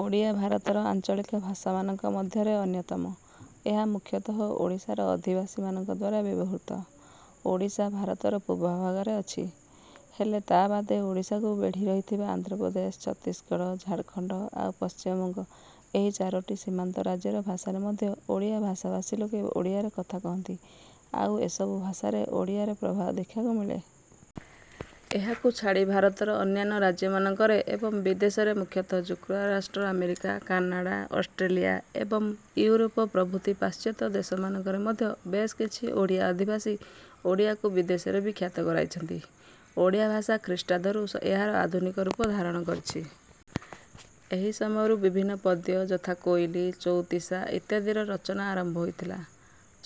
ଓଡ଼ିଆ ଭାରତର ଆଞ୍ଚଳିକ ଭାଷାମାନଙ୍କ ମଧ୍ୟରେ ଅନ୍ୟତମ। ଏହା ମୁଖ୍ୟତଃ ଓଡ଼ିଶାର ଅଧିବାସୀମାନଙ୍କଦ୍ୱାରା ବ୍ୟବହୃତ। ଓଡ଼ିଶା ଭାରତର ପୂର୍ବାଭାଗରେ ଅଛି। ହେଲେ ତା ବାଦେ ଓଡ଼ିଶାକୁ ବେଢ଼ିରହିଥିବା ଆନ୍ଧ୍ର ପ୍ରଦେଶ, ଛତିଶଗଡ଼, ଝାଡ଼ଖଣ୍ଡ ଆଉ ପଶ୍ଚିମବଙ୍ଗ ଏହି ଚାରୋଟି ସୀମାନ୍ତରାଜ୍ୟର ଭାଷାରେ ମଧ୍ୟ ଓଡ଼ିଆ ଭାଷାଭାସୀ ଲୋକେ ଓଡ଼ିଆରେ କଥା କହନ୍ତି ଆଉ ଏସବୁ ଭାଷାରେ ଓଡ଼ିଆରେ ପ୍ରଭାବ ଦେଖିବାକୁ ମିଳେ। ଏହାକୁ ଛାଡ଼ି ଭାରତର ଅନ୍ୟାନ୍ୟ ରାଜ୍ୟମାନଙ୍କରେ, ଏବଂ ବିଦେଶରେ ମୁଖ୍ୟତଃ ଯୁକ୍ତରାଷ୍ଟ୍ର ଆମେରିକା, କାନାଡ଼ା, ଅଷ୍ଟ୍ରେଲିଆ ଏବଂ ଇଉରୋପ ପ୍ରଭୃତି ପାଶ୍ଚତ୍ୟ ଦେଶମାନଙ୍କରେ ମଧ୍ୟ ବେଶ କିଛି ଓଡ଼ିଆ ଅଧିବାସୀ ଓଡ଼ିଆକୁ ବିଦେଶରେ ବି ଖ୍ୟାତ କରାଇଛନ୍ତି। ଓଡ଼ିଆ ଭାଷା ଖ୍ରୀଷ୍ଟାବ୍ଦ ରୁ ଏହାର ଆଧୁନିକ ରୂପ ଧାରଣ କରିଛି। ଏହି ସମୟରୁ ବିଭିନ୍ନ ପଦ୍ୟ ଯଥା କୋଇଲି, ଚଉତିଶା ଇତ୍ୟାଦିର ରଚନା ଆରମ୍ଭ ହୋଇଥିଲା।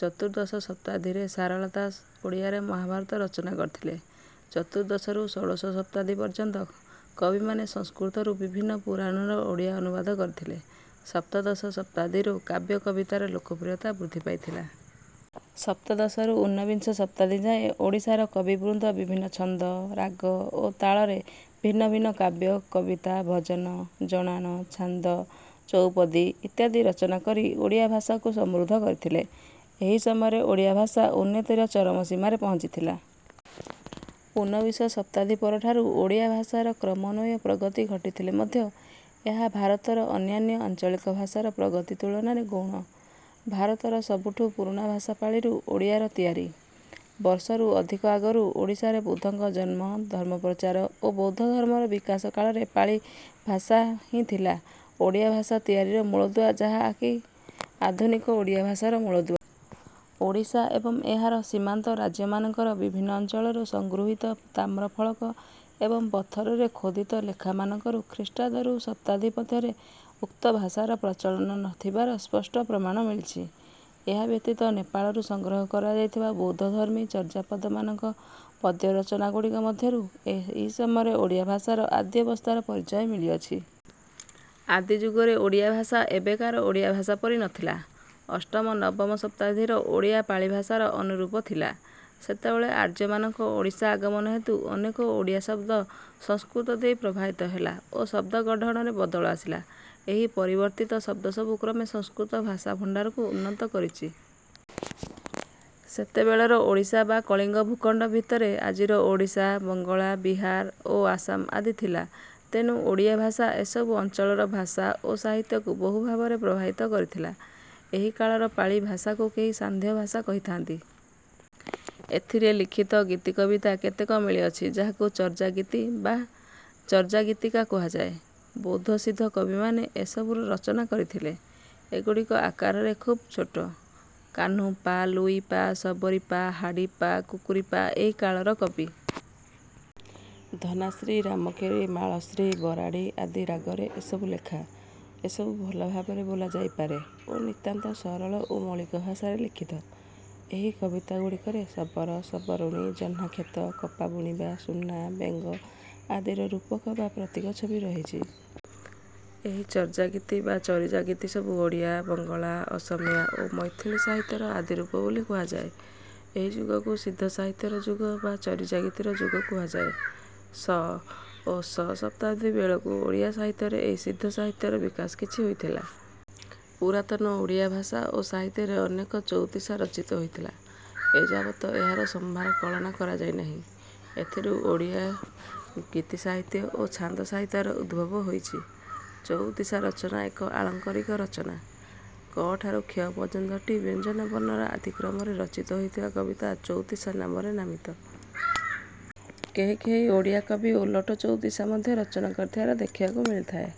ଚତୁର୍ଦ୍ଦଶ ଶତାବ୍ଦୀରେ ସାରଳା ଦାସ ଓଡ଼ିଆରେ ମହାଭାରତ ରଚନା କରିଥିଲେ। ଚତୁର୍ଦ୍ଦଶରୁ ଷୋଡଶ ଶତାବ୍ଦୀ ପର୍ଯ୍ୟନ୍ତ କବିମାନେ ସଂସ୍କୃତରୁ ବିଭିନ୍ନ ପୁରାଣର ଓଡ଼ିଆ ଅନୁବାଦ କରିଥିଲେ। ସପ୍ତଦଶ ଶତାବ୍ଦୀରୁ କାବ୍ୟ କବିତାର ଲୋକପ୍ରିୟତା ବୃଦ୍ଧି ପାଇଥିଲା। ସପ୍ତଦଶରୁ ଉନ୍ନବିଂଶ ଶତାବ୍ଦୀ ଯାଏଁ ଓଡ଼ିଶାର କବିବୃନ୍ଦ ବିଭିନ୍ନ ଛନ୍ଦ, ରାଗ ଓ ତାଳରେ ଭିନ୍ନ ଭିନ୍ନ କାବ୍ୟ, କବିତା, ଭଜନ, ଜଣାଣ, ଛାନ୍ଦ, ଚଉପଦୀ ଇତ୍ୟାଦି ରଚନା କରି ଓଡ଼ିଆ ଭାଷାକୁ ସମୃଦ୍ଧ କରିଥିଲେ। ଏହି ସମୟରେ ଓଡ଼ିଆ ଭାଷା ଉନ୍ନତିର ଚରମ ସୀମାରେ ପହଞ୍ଚିଥିଲା। ଉନ୍ନବିଂଶ ଶତାବ୍ଦୀ ପରଠାରୁ ଓଡ଼ିଆ ଭାଷାର କ୍ରମନ୍ୱୟ ପ୍ରଗତି ଘଟିଥିଲେ ମଧ୍ୟ ଏହା ଭାରତର ଅନ୍ୟାନ୍ୟ ଆଞ୍ଚଳିକ ଭାଷାର ପ୍ରଗତି ତୁଳନାରେ ଗୌଣ। ଭାରତର ସବୁଠୁ ପୁରୁଣା ଭାଷା ପାଳିରୁ ଓଡ଼ିଆର ତିଆରି। ବର୍ଷରୁ ଅଧିକ ଆଗରୁ ଓଡ଼ିଶାରେ ବୁଦ୍ଧଙ୍କ ଜନ୍ମ, ଧର୍ମପ୍ରଚାର ଓ ବୌଦ୍ଧ ଧର୍ମର ବିକାଶ କାଳରେ ପାଳି ଭାଷା ହିଁ ଥିଲା ଓଡ଼ିଆ ଭାଷା ତିଆରିର ମୂଳଦୁଆ ଯାହାକି ଆଧୁନିକ ଓଡ଼ିଆ ଭାଷାର ମୂଳଦୁଆ। ଓଡ଼ିଶା ଏବଂ ଏହାର ସୀମାନ୍ତ ରାଜ୍ୟମାନଙ୍କର ବିଭିନ୍ନ ଅଞ୍ଚଳରୁ ସଂଗୃହୀତ ତାମ୍ରଫଳକ ଏବଂ ପଥରରେ ଖୋଦିତ ଲେଖାମାନଙ୍କରୁ ଖ୍ରୀଷ୍ଟାବ୍ଦ ରୁ ଶତାବ୍ଦୀ ମଧ୍ୟରେ ଉକ୍ତ ଭାଷାର ପ୍ରଚଳନ ଥିବାର ସ୍ୱଷ୍ଟ ପ୍ରମାଣ ମିଳିଛି। ଏହା ବ୍ୟତୀତ ନେପାଳରୁ ସଂଗ୍ରହ କରାଯାଇଥିବା ବୌଦ୍ଧଧର୍ମୀ ଚର୍ଯାପଦମାନଙ୍କ ପଦ୍ୟରଚନାଗୁଡ଼ିକ ମଧ୍ୟରୁ ଏହି ସମୟରେ ଓଡ଼ିଆ ଭାଷାର ଆଦ୍ୟାବସ୍ଥାର ପରିଚୟ ମିଳିଅଛି। ଆଦିଯୁଗରେ ଓଡ଼ିଆ ଭାଷା ଏବେକାର ଓଡ଼ିଆ ଭାଷା ପରି ନଥିଲା। ଅଷ୍ଟମ-ନବମ ଶତାବ୍ଦୀର ଓଡ଼ିଆ ପାଳି ଭାଷାର ଅନୁରୂପ ଥିଲା। ସେତେବେଳେ ଆର୍ଯ୍ୟମାନଙ୍କ ଓଡ଼ିଶା ଆଗମନ ହେତୁ ଅନେକ ଓଡ଼ିଆ ଶବ୍ଦ ସଂସ୍କୃତ ଦେଇ ପ୍ରଭାବିତ ହେଲା ଓ ଶବ୍ଦ ଗଢଣରେ ବଦଳ ଆସିଲା। ଏହି ପରିବର୍ତ୍ତିତ ଶବ୍ଦସବୁ କ୍ରମେ ସଂସ୍କୃତ ଭାଷା ଭଣ୍ଡାରକୁ ଉନ୍ନତ କରିଛି। ସେତେବେଳର ଓଡ଼ିଶା ବା କଳିଙ୍ଗ ଭୂଖଣ୍ଡ ଭିତରେ ଆଜିର ଓଡ଼ିଶା, ବଙ୍ଗଳା, ବିହାର ଓ ଆସାମ ଆଦି ଥିଲା, ତେଣୁ ଓଡ଼ିଆ ଭାଷା ଏସବୁ ଅଞ୍ଚଳର ଭାଷା ଓ ସାହିତ୍ୟକୁ ବହୁ ଭାବରେ ପ୍ରଭାବିତ କରିଥିଲା। ଏହି କାଳର ପାଳି ଭାଷାକୁ କେହି ସାନ୍ଧ୍ୟ ଭାଷା କହିଥାନ୍ତି। ଏଥିରେ ଲିଖିତ ଗୀତିକବିତା କେତେକ ମିଳିଅଛି ଯାହାକୁ ଚର୍ଯାଗୀତି ବା ଚର୍ଯାଗୀତିକା କୁହାଯାଏ। ବୌଦ୍ଧ ସିଦ୍ଧ କବିମାନେ ଏସବୁର ରଚନା କରିଥିଲେ। ଏଗୁଡ଼ିକ ଆକାରରେ ଖୁବ ଛୋଟ। କାହ୍ନୁ ପା, ଲୁଇ ପା, ସବରି ପା, ହାଡି ପା, କୁକୁରି ପା ଏହି କାଳର କବି। ଧନାଶ୍ରୀ, ରାମକେରି, ମାଳଶ୍ରୀ, ବରାଡ଼ି ଆଦି ରାଗରେ ଏସବୁ ଲେଖା। ଏସବୁ ଭଲ ଭାବରେ ବୋଲାଯାଇପାରେ ଓ ନିତାନ୍ତ ସରଳ ଓ ମୌଳିକ ଭାଷାରେ ଲିଖିତ। ଏହି କବିତା ଗୁଡ଼ିକରେ ଶବର, ଶବରୁଣୀ, ଜହ୍ନାକ୍ଷେତ, କପାବୁଣିବା, ସୁନା, ବେଙ୍ଗ ଆଦିର ରୂପକ ବା ପ୍ରତୀକ ଛବି ରହିଛି। ଏହି ଚର୍ଯାଗୀତି ବା ଚରିଜାଗିତିସବୁ ଓଡ଼ିଆ, ବଙ୍ଗଳା, ଅସିମିଆ ଓ ମୈଥିଳି ସାହିତ୍ୟର ଆଦିରୂପ ବୋଲି କୁହାଯାଏ। ଏହି ଯୁଗକୁ ସିଦ୍ଧସାହିତ୍ୟର ଯୁଗ ବା ଚରିଜାଗିତିର ଯୁଗ କୁହାଯାଏ। ଶ ଓ ଶ ଶତାବ୍ଦୀ ବେଳକୁ ଓଡ଼ିଆ ସାହିତ୍ୟରେ ଏହି ସିଦ୍ଧସାହିତ୍ୟର ବିକାଶ କିଛି ହୋଇଥିଲା। ପୁରାତନ ଓଡ଼ିଆ ଭାଷା ଓ ସାହିତ୍ୟରେ ଅନେକ ଚଉତିଶା ରଚିତ ହୋଇଥିଲା। ଏଯାବତ ଏହାର ସମ୍ଭାର କଳନା କରାଯାଇପାରିନାହିଁ। ଏଥିରୁ ଓଡ଼ିଆ ଗୀତିସାହିତ୍ୟ ଓ ଛାନ୍ଦ ସାହିତ୍ୟର ଉଦ୍ଭବ ହୋଇଛି। ଚଉତିଶା ରଚନା ଏକ ଆଳଙ୍କରିକ ରଚନା। କଠାରୁ କ୍ଷ ପର୍ଯ୍ୟନ୍ତ ଟି ବ୍ୟଞ୍ଜନ ବର୍ଣ୍ଣର ଆଦିକ୍ରମରେ ରଚିତ ହୋଇଥିବା କବିତା ଚଉତିଶା ନାମରେ ନାମିତ। କେହି କେହି ଓଡ଼ିଆ କବି ଓଲଟ ଚଉତିଶା ମଧ୍ୟ ରଚନା କରିଥିବାର ଦେଖିବାକୁ ମିଳିଥାଏ।